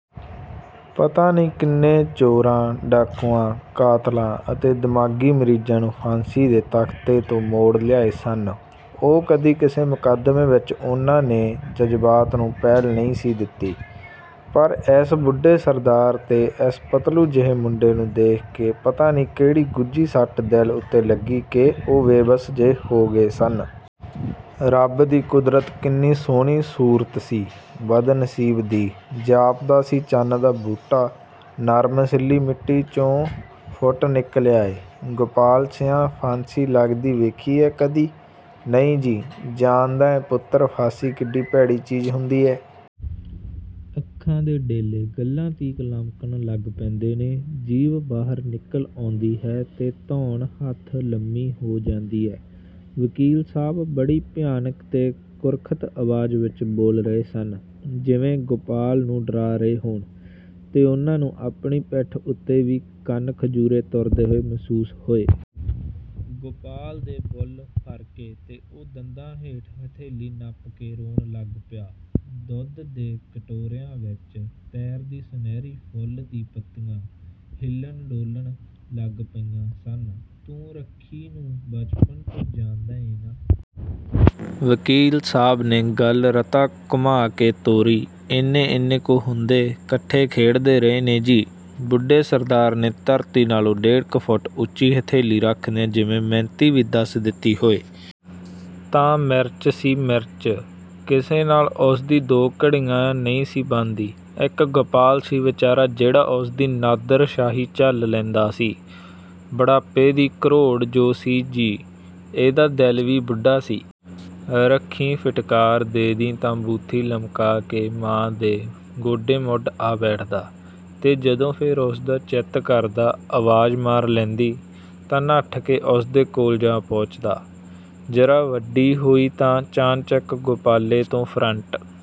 ਪਤਾ ਨਹੀਂ ਕਿੰਨੇ ਚੋਰਾਂ, ਡਾਕੂਆਂ, ਕਾਤਲਾਂ ਅਤੇ ਦਿਮਾਗ਼ੀ ਮਰੀਜ਼ਾਂ ਨੂੰ ਫਾਂਸੀ ਦੇ ਤਖ਼ਤੇ ਤੋਂ ਮੋੜ ਲਿਆਏ ਸਨ ਉਹ, ਕਦੀ ਕਿਸੇ ਮੁਕੱਦਮੇਂ ਵਿੱਚ ਉਹਨਾਂ ਨੇ ਜਜ਼ਬਾਤ ਨੂੰ ਪਹਿਲ ਨਹੀਂ ਸੀ ਦਿੱਤੀ। ਪਰ ਇਸ ਬੁੱਢੇ ਸਰਦਾਰ ਤੇ ਇਸ ਪਤਲੂ ਜਿਹੇ ਮੁੰਡੇ ਨੂੰ ਦੇਖ ਕੇ ਪਤਾ ਨਹੀਂ ਕਿਹੜੀ ਗੁੱਝੀ ਸੱਟ ਦਿਲ ਉੱਤੇ ਲੱਗੀ, ਕਿ ਉਹ ਬੇਵੱਸ ਜਿਹੇ ਹੋ ਗਏ ਸਨ। ਰੱਬ ਦੀ ਕੁਦਰਤ ਕਿੰਨੀ ਸੋਹਣੀ ਸੂਰਤ ਸੀ ਬਦਨਸੀਬ ਦੀ! ਜਾਪਦਾ ਸੀ ਚੰਨ ਦਾ ਬੂਟਾ, ਨਰਮ ਸਿੱਲ੍ਹੀ ਮਿੱਟੀ 'ਚੋਂ ਫੁੱਟ ਨਿਕਲਿਆ ਏ। "ਗੋਪਾਲ ਸਿਆਂ, ਫਾਂਸੀ ਲੱਗਦੀ ਵੇਖੀ ਏ ਕਦੀ?""ਨਹੀਂ ਜੀ।" "ਜਾਣਦਾ ਏਂ ਪੁੱਤਰ, ਫਾਂਸੀ ਕਿੱਡੀ ਭੈੜੀ ਚੀਜ਼ ਹੁੰਦੀ ਏ?" "ਅੱਖਾਂ ਦੇ ਡੇਲੇ ਗੱਲ੍ਹਾਂ ਤੀਕ ਲਮਕਣ ਲੱਗ ਪੈਂਦੇ ਨੇ, ਜੀਭ ਬਾਹਰ ਨਿਕਲ ਆਉਂਦੀ ਹੈ ਤੇ ਧੌਣ ਹੱਥ ਲੰਮੀ ਹੋ ਜਾਂਦੀ ਏ।" ਵਕੀਲ ਸਾਹਬ ਬੜੀ ਭਿਆਨਕ ਤੇ ਕੁਰਖ਼ਤ ਆਵਾਜ਼ ਵਿਚ ਬੋਲ ਰਹੇ ਸਨ ਜਿਵੇਂ, ਗੋਪਾਲ ਨੂੰ ਡਰਾ ਰਹੇ ਹੋਣ ਤੇ ਉਹਨਾਂ ਨੂੰ ਆਪਣੀ ਪਿੱਠ ਉੱਤੇ ਵੀ ਕੰਨ-ਖਜੂਰੇ ਤੁਰਦੇ ਹੋਏ ਮਹਿਸੂਸ ਹੋਏ। ਗੋਪਾਲ ਦੇ ਬੁੱਲ੍ਹ ਫਰਕੇ ਤੇ ਉਹ ਦੰਦਾਂ ਹੇਠ ਹਥੇਲੀ ਨੱਪ ਕੇ ਰੋਣ ਲੱਗ ਪਿਆ। ਦੁੱਧ ਦੇ ਕਟੋਰਿਆਂ ਵਿਚ ਤੈਰਦੀਆਂ, ਸੁਨਹਿਰੀ ਫੁੱਲ ਦੀਆਂ ਪੱਤੀਆਂ ਹਿੱਲਣ-ਡੋਲਣ ਲੱਗ ਪਈਆਂ ਸਨ। "ਤੂੰ ਰੱਖੀ ਨੂੰ ਬਚਪਨ ਤੋਂ ਜਾਣਦਾ ਏਂ ਨਾ?" ਵਕੀਲ ਸਾਹਬ ਨੇ ਗੱਲ ਰਤਾ ਘੁਮਾਅ ਕੇ ਤੋਰੀ। "ਏਨੇ-ਏਨੇ ਕੁ ਹੁੰਦੇ 'ਕੱਠੇ ਖੇਡਦੇ ਰਹੇ ਨੇ ਜੀ" ਬੁੱਢੇ ਸਰਦਾਰ ਨੇ, ਧਰਤੀ ਨਾਲੋਂ ਡੇਢ ਕੁ ਫੁੱਟ ਉੱਚੀ ਹਥੇਲੀ ਰੱਖਦਿਆਂ ਜਿਵੇਂ, ਮਿਣਤੀ ਵੀ ਦੱਸ ਦਿੱਤੀ ਹੋਏ। ਤਾਂ ਮਿਰਚ ਸੀ, ਮਿਰਚ! ਕਿਸੇ ਨਾਲ ਉਸਦੀ ਦੋ ਘੜੀਆਂ ਨਹੀਂ ਸੀ ਬਣਦੀ। ਇੱਕ ਗੋਪਾਲ ਸੀ ਵਿਚਾਰਾ ਜਿਹੜਾ ਉਸਦੀ ਨਾਦਰ ਸ਼ਾਹੀ ਝੱਲ ਲੈਂਦਾ ਸੀ--ਬੁੱਢਾਪੇ ਦੀ ਘਰੋੜ ਜੋ ਸੀ ਜੀ। ਇਹਦਾ ਦਿਲ ਵੀ ਬੁੱਢਾ ਸੀ। ਰੱਖੀ ਫਿਟਕਾਰ ਦੇਂਦੀ ਤਾਂ ਬੂਥੀ ਲਮਕਾਅ ਕੇ ਮਾਂ ਦੇ ਗੋਡੇ ਮੁੱਢ ਆ ਬੈਠਦਾ ਤੇ ਜਦੋਂ ਫੇਰ ਉਸਦਾ ਚਿੱਤ ਕਰਦਾ, ਆਵਾਜ ਮਾਰ ਲੈਂਦੀ ,ਤਾਂ ਨੱਠ ਕੇ ਉਸਦੇ ਕੋਲ ਜਾ ਪਹੁੰਚਦਾ। ਜ਼ਰਾ ਵੱਡੀ ਹੋਈ ਤਾਂ ਚਾਣਚੱਕ ਗੋਪਾਲੇ ਤੋਂ ਫਰੰਟ